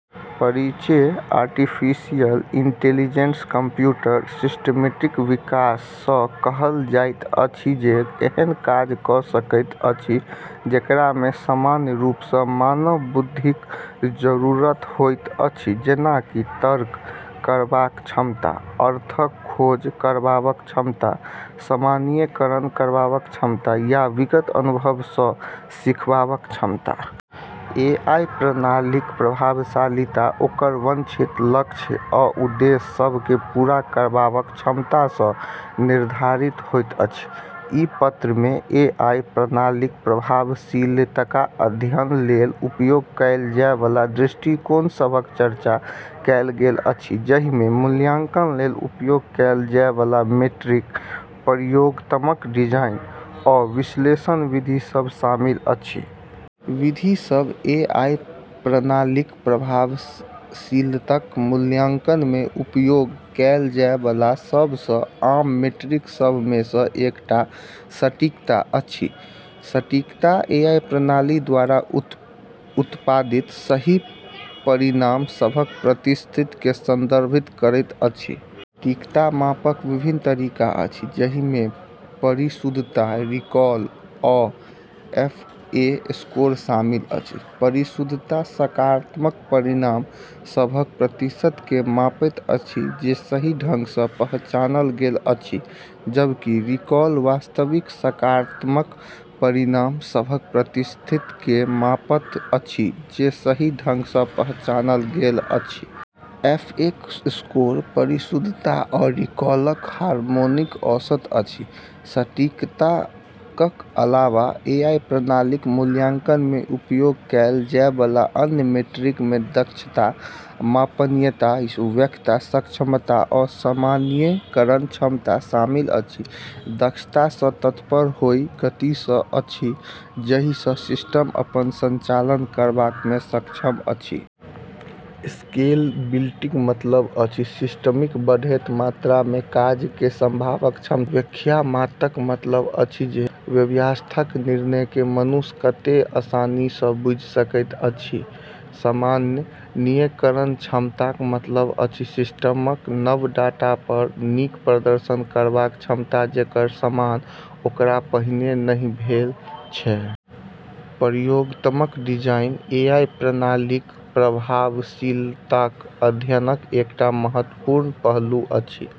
परिचय artificial intelligence computer सिस्टमक विकास सँ कहल जाइत अछि जे एहन काज कऽ सकैत अछि जेकरा मे सामान्य रूप सँ मानव बुद्धिक जरूरत होइत अछि, जेना कि तर्क करबाक क्षमता, अर्थक खोज करबाक क्षमता, सामान्यीकरण करबाक क्षमता या विगत अनुभव सभ सँ सीखबाक क्षमता। एआई प्रणालीक प्रभावशीलता ओकर वांछित लक्ष्य आ उद्देश्य सभ केँ पूरा करबाक क्षमता सँ निर्धारित होइत अछि। ई पत्र मे एआई प्रणालीक प्रभावशीलताक अध्ययन लेल उपयोग कएल जाए बला दृष्टिकोण सभक चर्चा कएल गेल अछि, जाहि मे मूल्यांकन लेल उपयोग कएल जाए बला मीट्रिक, प्रयोगात्मक डिजाइन, आ विश्लेषण विधि सभ शामिल अछि। विधि सभ एआई प्रणालीक प्रभावशीलताक मूल्यांकन मे उपयोग कएल जाए बला सब सँ आम मीट्रिक सभ मे सँ एकटा 'सटीकता' अछि। सटीकता एआई प्रणाली द्वारा उत्पादित सही परिणाम सभक प्रतिशत केँ संदर्भित करैत अछि। सटीकताक मापक विभिन्न तरीका अछि, जाहि मे परिशुद्धता, रिकॉल, आ एफ-एक स्कोर शामिल अछि। परिशुद्धता सकारात्मक परिणाम सभक प्रतिशत केँ मापैत अछि जे सही ढंग सँ पहचानल गेल अछि, जबकि रिकॉल वास्तविक सकारात्मक परिणाम सभक प्रतिशत केँ मापैत अछि जे सही ढंग सँ पहचानल गेल अछि। एफ-एक स्कोर परिशुद्धता आ रिकॉलक हार्मोनिक औसत अछि। सटीकताक अलावा, एआई प्रणालीक मूल्यांकन मे उपयोग कएल जाए बला अन्य मीट्रिक मे दक्षता, मापनीयता, व्याख्या क्षमता, आ सामान्यीकरण क्षमता शामिल अछि। दक्षता सँ तात्पर्य ओहि गति सँ अछि जाहि सँ सिस्टम अपन संचालन करबा मे सक्षम अछि। स्केलेबिलिटीक मतलब अछि सिस्टमक बढ़ैत मात्रा मे काज केँ सँभाळबाक क्षमता। व्याख्यात्मकताक मतलब अछि जे व्यवस्थाक निर्णय केँ मनुष्य कतेक आसानी सँ बुझि सकैत अछि। सामान्यीकरण क्षमताक मतलब अछि सिस्टमक नव डाटा पर नीक प्रदर्शन करबाक क्षमता जेकर सामना ओकरा पहिने नहि भेल छै। प्रयोगात्मक डिजाइन एआई प्रणालीक प्रभावशीलताक अध्ययनक एकटा महत्वपूर्ण पहलू अछि।